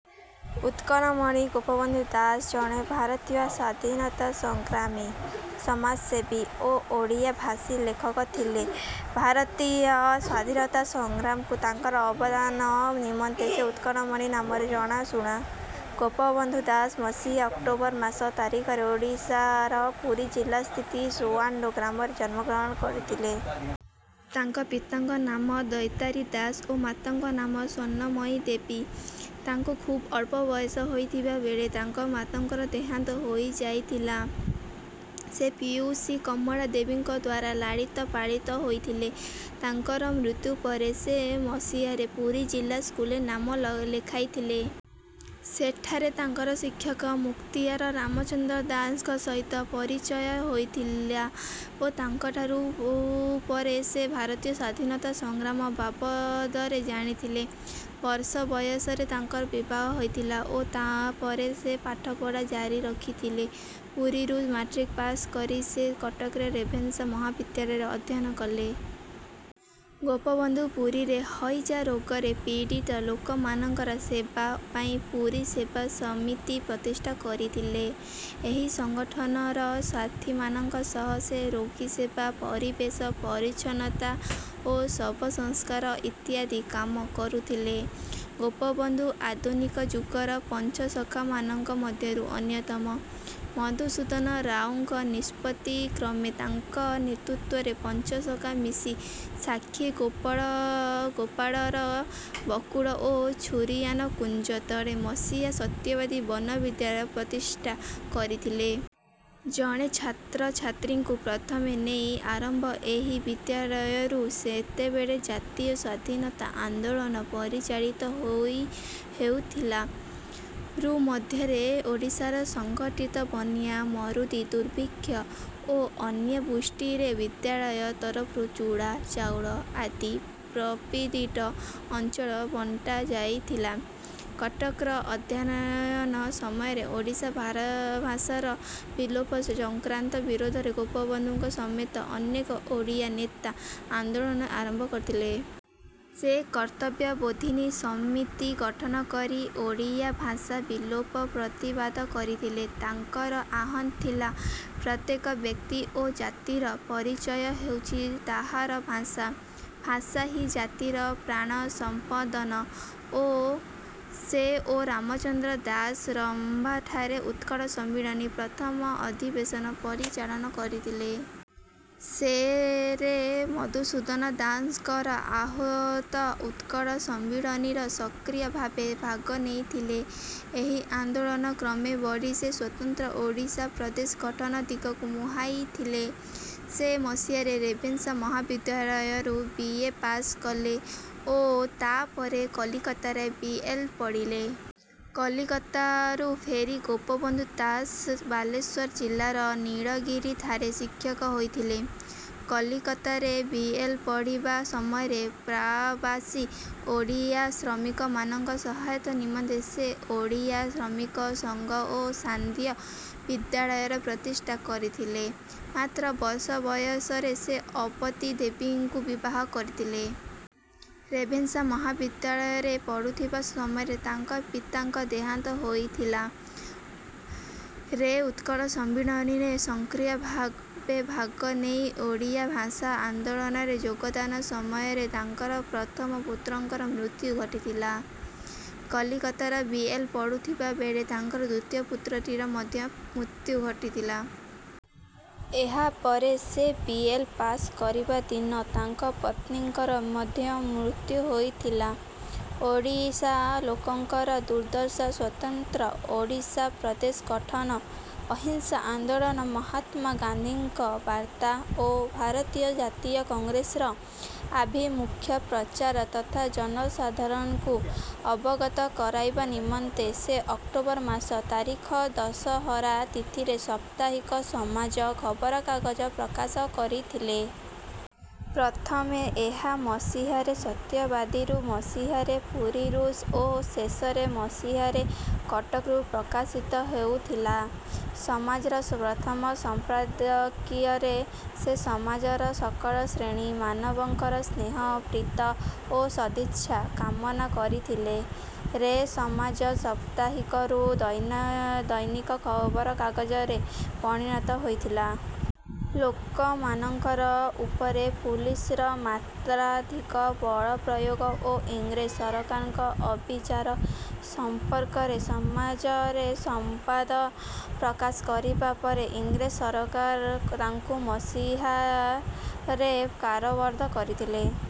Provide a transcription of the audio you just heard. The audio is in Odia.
ଉତ୍କଳମଣି ଗୋପବନ୍ଧୁ ଦାସ ଜଣେ ଭାରତୀୟ ସ୍ୱାଧୀନତା ସଂଗ୍ରାମୀ, ସମାଜସେବୀ ଓ ଓଡ଼ିଆ-ଭାଷୀ ଲେଖକ ଥିଲେ। ଭାରତୀୟ ସ୍ୱାଧୀନତା ସଂଗ୍ରାମକୁ ତାଙ୍କର ଅବଦାନ ନିମନ୍ତେ ସେ "ଉତ୍କଳମଣି" ନାମରେ ଜଣାଶୁଣା। ଗୋପବନ୍ଧୁ ଦାସ ମସିହା ଅକ୍ଟୋବର ମାସ ତାରିଖରେ ଓଡ଼ିଶାର ପୁରୀ ଜିଲ୍ଲାସ୍ଥିତ ସୁଆଣ୍ଡୋ ଗ୍ରାମରେ ଜନ୍ମଗ୍ରହଣ କରିଥିଲେ। ତାଙ୍କ ପିତାଙ୍କ ନାମ ଦୈତାରି ଦାସ ଓ ମାତାଙ୍କ ନାମ ସ୍ୱର୍ଣ୍ଣମୟୀ ଦେବୀ। ତାଙ୍କୁ ଖୁବ ଅଳ୍ପ ବୟସ ହୋଇଥିବା ବେଳେ ତାଙ୍କ ମାତାଙ୍କର ଦେହାନ୍ତ ହୋଇଯାଇଥିଲା। ସେ ପିଉସୀ କମଳା ଦେବୀଙ୍କଦ୍ୱାରା ଲାଳିତ ପାଳିତ ହୋଇଥିଲେ। ମାତାଙ୍କ ମୃତ୍ୟୁ ପରେ ସେ ମସିହାରେ ପୁରୀ ଜିଲ୍ଲା ସ୍କୁଲରେ ନାମ ଲେଖାଇଲେ। ସେଠାରେ ତାଙ୍କର ଶିକ୍ଷକ ମୁକ୍ତିଆର ରାମଚନ୍ଦ୍ର ଦାସଙ୍କ ସହିତ ପରିଚୟ ହୋଇଥିଲା ଓ ତାଙ୍କଠାରୁ ପରେ ସେ ଭାରତୀୟ ସ୍ୱାଧୀନତା ସଂଗ୍ରାମ ବାବଦରେ ଜାଣିଥିଲେ। ବର୍ଷ ବୟସରେ ତାଙ୍କର ବିବାହ ହୋଇଥିଲା ଓ ତା'ପରେ ସେ ପାଠପଢ଼ା ଜାରିରଖିଥିଲେ। ପୁରୀରୁ ମାଟ୍ରିକ ପାସ କରି ସେ କଟକର ରେଭେନ୍ସା ମହାବିଦ୍ୟାଳୟରେ ଅଧ୍ୟୟନ କଲେ। ଗୋପବନ୍ଧୁ ପୁରୀରେ ହଇଜା ରୋଗରେ ପୀଡ଼ିତ ଲୋକମାନଙ୍କର ସେବା ପାଇଁ ପୁରୀ ସେବା ସମିତି ପ୍ରତିଷ୍ଠା କରିଥିଲେ। ଏହି ସଂଗଠନର ସାଥୀମାନଙ୍କ ସହ ସେ ରୋଗୀସେବା, ପରିବେଶ ପରିଚ୍ଛନ୍ନତା ଓ ଶବସଂସ୍କାର ଇତ୍ୟାଦି କାମ କରୁଥିଲେ। ଗୋପବନ୍ଧୁ ଆଧୁନିକ ଯୁଗର ପଞ୍ଚସଖାମାନଙ୍କ ମଧ୍ୟରୁ ଅନ୍ୟତମ। ମଧୁସୂଦନ ରାଓଙ୍କ ନିଷ୍ପତି କ୍ରମେ ତାଙ୍କ ନେତୃତ୍ୱରେ ପଞ୍ଚସଖା ମିଶି ସାକ୍ଷୀଗୋପାଳର ବକୁଳ ଓ ଛୁରିଆନା କୁଞ୍ଜ ତଳେ ମସିହାରେ ସତ୍ୟବାଦୀ ବନ ବିଦ୍ୟାଳୟ ପ୍ରତିଷ୍ଠା କରିଥିଲେ। ଜଣ ଛାତ୍ରଛାତ୍ରୀଙ୍କୁ ପ୍ରଥମେ ନେଇ ଆରମ୍ଭ ଏହି ବିଦ୍ୟାଳୟରୁ ସେତେବେଳେ ଜାତୀୟ ସ୍ୱାଧୀନତା ଆନ୍ଦୋଳନ ପରିଚାଳିତ ହେଉଥିଲା। ରୁ ମଧ୍ୟରେ ଓଡ଼ିଶାରେ ସଂଘଟିତ ବନ୍ୟା, ମରୁଡ଼ି, ଦୁର୍ଭିକ୍ଷ ଓ ଅନାବୃଷ୍ଟିରେ ବିଦ୍ୟାଳୟ ତରଫରୁ ଚୁଡ଼ା, ଚାଉଳ ଆଦି ପ୍ରପୀଡ଼ିତ ଅଞ୍ଚଳରେ ବଣ୍ଟାଯାଇଥିଲା। କଟକରେ ଅଧ୍ୟୟନ ସମୟରେ ଓଡ଼ିଆ ଭାଷାର ବିଲୋପ ଚକ୍ରାନ୍ତ ବିରୋଧରେ ଗୋପବନ୍ଧୁଙ୍କ ସମେତ ଅନେକ ଓଡ଼ିଆ ନେତା ଆନ୍ଦୋଳନ ଆରମ୍ଭ କରିଥିଲେ। ସେ କର୍ତ୍ତବ୍ୟ ବୋଧିନୀ ସମିତି ଗଠନ କରି ଓଡ଼ିଆ ଭାଷା ବିଲୋପର ପ୍ରତିବାଦ କରିଥିଲେ। ତାଙ୍କର ଆହ୍ୱାନ ଥିଲା "ପ୍ରତ୍ୟେକ ବ୍ୟକ୍ତି ଓ ଜାତିର ପରିଚୟ ହେଉଛି ତାହାର ଭାଷା। ଭାଷାହିଁ ଜାତିର ପ୍ରାଣସ୍ପନ୍ଦନ"। ସେ ଓ ରାମଚନ୍ଦ୍ର ଦାଶ ରମ୍ଭାଠାରେ ଉତ୍କଳ ସମ୍ମିଳନୀର ପ୍ରଥମ ଅଧିବେଶନ ପରିଚାଳନା କରିଥିଲେ। ସେ ରେ ମଧୁସୂଦନ ଦାସଙ୍କଦ୍ୱାରା ଆହୂତ ଉତ୍କଳ ସମ୍ମିଳନୀରେ ସକ୍ରିୟ ଭାବେ ଭାଗନେଇଥିଲେ। ଏହି ଆନ୍ଦୋଳନ କ୍ରମେ ବଢ଼ି ରେ ସ୍ୱତନ୍ତ୍ର ଓଡ଼ିଶା ପ୍ରଦେଶ ଗଠନ ଦିଗକୁ ମୁହାଁଇଥିଲା। ସେ ମସିହାରେ ରେଭେନ୍ସା ମହାବିଦ୍ୟାଳୟରୁ ବିଏ ପାସ କଲେ ଓ ତାହାପରେ କଲିକତାରେ ବିଏଲ ପଢ଼ିଲେ। କଲିକତାରୁ ଫେରି ଗୋପବନ୍ଧୁ ଦାସ ବାଲେଶ୍ୱର ଜିଲ୍ଲାର ନୀଳଗିରିଠାରେ ଶିକ୍ଷକ ହୋଇଥିଲେ। କଲିକତାରେ ବିଏଲ ପଢ଼ିବା ସମୟରେ ପ୍ରବାସୀ ଓଡ଼ିଆ ଶ୍ରମିକମାନଙ୍କ ସହାୟତା ନିମନ୍ତେ ସେ ଓଡ଼ିଆ ଶ୍ରମିକ ସଂଘ ଓ ସାନ୍ଧ୍ୟ ବିଦ୍ୟାଳୟ ପ୍ରତିଷ୍ଠା କରିଥିଲେ। ମାତ୍ର ବର୍ଷ ବୟସରେ ସେ ଅପତୀ ଦେବୀଙ୍କୁ ବିବାହ କରିଥିଲେ। ରେଭେନ୍ସା ମହାବିଦ୍ୟାଳୟରେ ପଢ଼ୁଥିବା ସମୟରେ ତାଙ୍କ ପିତାଙ୍କ ଦେହାନ୍ତ ହୋଇଥିଲା। ରେ ଉତ୍କଳ ସମ୍ମିଳନୀରେ ସକ୍ରିୟ ଭାବେ ଭାଗ ନେଇ ଓଡ଼ିଆ ଭାଷା ଆନ୍ଦୋଳନରେ ଯୋଗଦାନ ସମୟରେ ତାଙ୍କର ପ୍ରଥମ ପୁତ୍ରଙ୍କର ମୃତ୍ୟୁ ଘଟିଥିଲା। କଲିକତାରେ ବିଏଲ ପଢ଼ୁଥିବା ବେଳେ ତାଙ୍କର ଦ୍ୱିତୀୟ ପୁତ୍ରଟିର ମଧ୍ୟ ମୃତ୍ୟୁ ଘଟିଥିଲା। ଏହା ପରେ ସେ ବିଏଲ ପାସ କରିବା ଦିନ ତାଙ୍କ ପତ୍ନୀଙ୍କର ମଧ୍ୟ ମୃତ୍ୟୁ ହୋଇଥିଲା। ଓଡ଼ିଶା ଲୋକଙ୍କର ଦୁର୍ଦ୍ଦଶା, ସ୍ୱତନ୍ତ୍ର ଓଡ଼ିଶା ପ୍ରଦେଶ ଗଠନ, ଅହିଂସା ଆନ୍ଦୋଳନ, ମହାତ୍ମା ଗାନ୍ଧୀଙ୍କ ବାର୍ତ୍ତା ଓ ଭାରତୀୟ ଜାତୀୟ କଂଗ୍ରେସ ର ଆଭିମୁଖ୍ୟ ପ୍ରଚାର ତଥା ଜନସାଧାରଣଙ୍କୁ ଅବଗତ କରାଇବା ନିମନ୍ତେ ସେ ଅକ୍ଟୋବର ମାସ ତାରିଖ ଦଶହରା ତିଥିରେ ସାପ୍ତାହିକ "ସମାଜ " ଖବରକାଗଜ ପ୍ରକାଶ କରିଥିଲେ। ପ୍ରଥମେ ଏହା ମସିହାରେ ସତ୍ୟବାଦୀରୁ, ମସିହାରେ ପୁରୀରୁ ଓ ଶେଷରେ ମସିହାରେ କଟକରୁ ପ୍ରକାଶିତ ହେଉଥିଲା। ସମାଜ ର ପ୍ରଥମ ସମ୍ପାଦକୀୟରେ ସେ ସମାଜର ସକଳ ଶ୍ରେଣୀ ମାନବଙ୍କର ସ୍ନେହ, ପ୍ରୀତି ଓ ସଦିଚ୍ଛା କାମନାକରିଥିଲେ। ରେ " ସମାଜ " 'ସାପ୍ତାହିକରୁ ଦୈନିକ ଖବରକାଗଜରେ ପରିଣତ ହୋଇଥିଲା। ଲୋକମାନଙ୍କ ଉପରେ ପୁଲିସର ମାତ୍ରାଧିକ ବଳପ୍ରୟୋଗ ଓ ଇଂରେଜ ସରକାରଙ୍କ ଅବିଚାର ସମ୍ପର୍କରେ ସମାଜ ରେ ସମ୍ବାଦ ପ୍ରକାଶ କରିବା ପରେ ଇଂରେଜ ସରକାର ତାଙ୍କୁ ମସିହାରେ କାରାବଦ୍ଧ କରିଥିଲେ।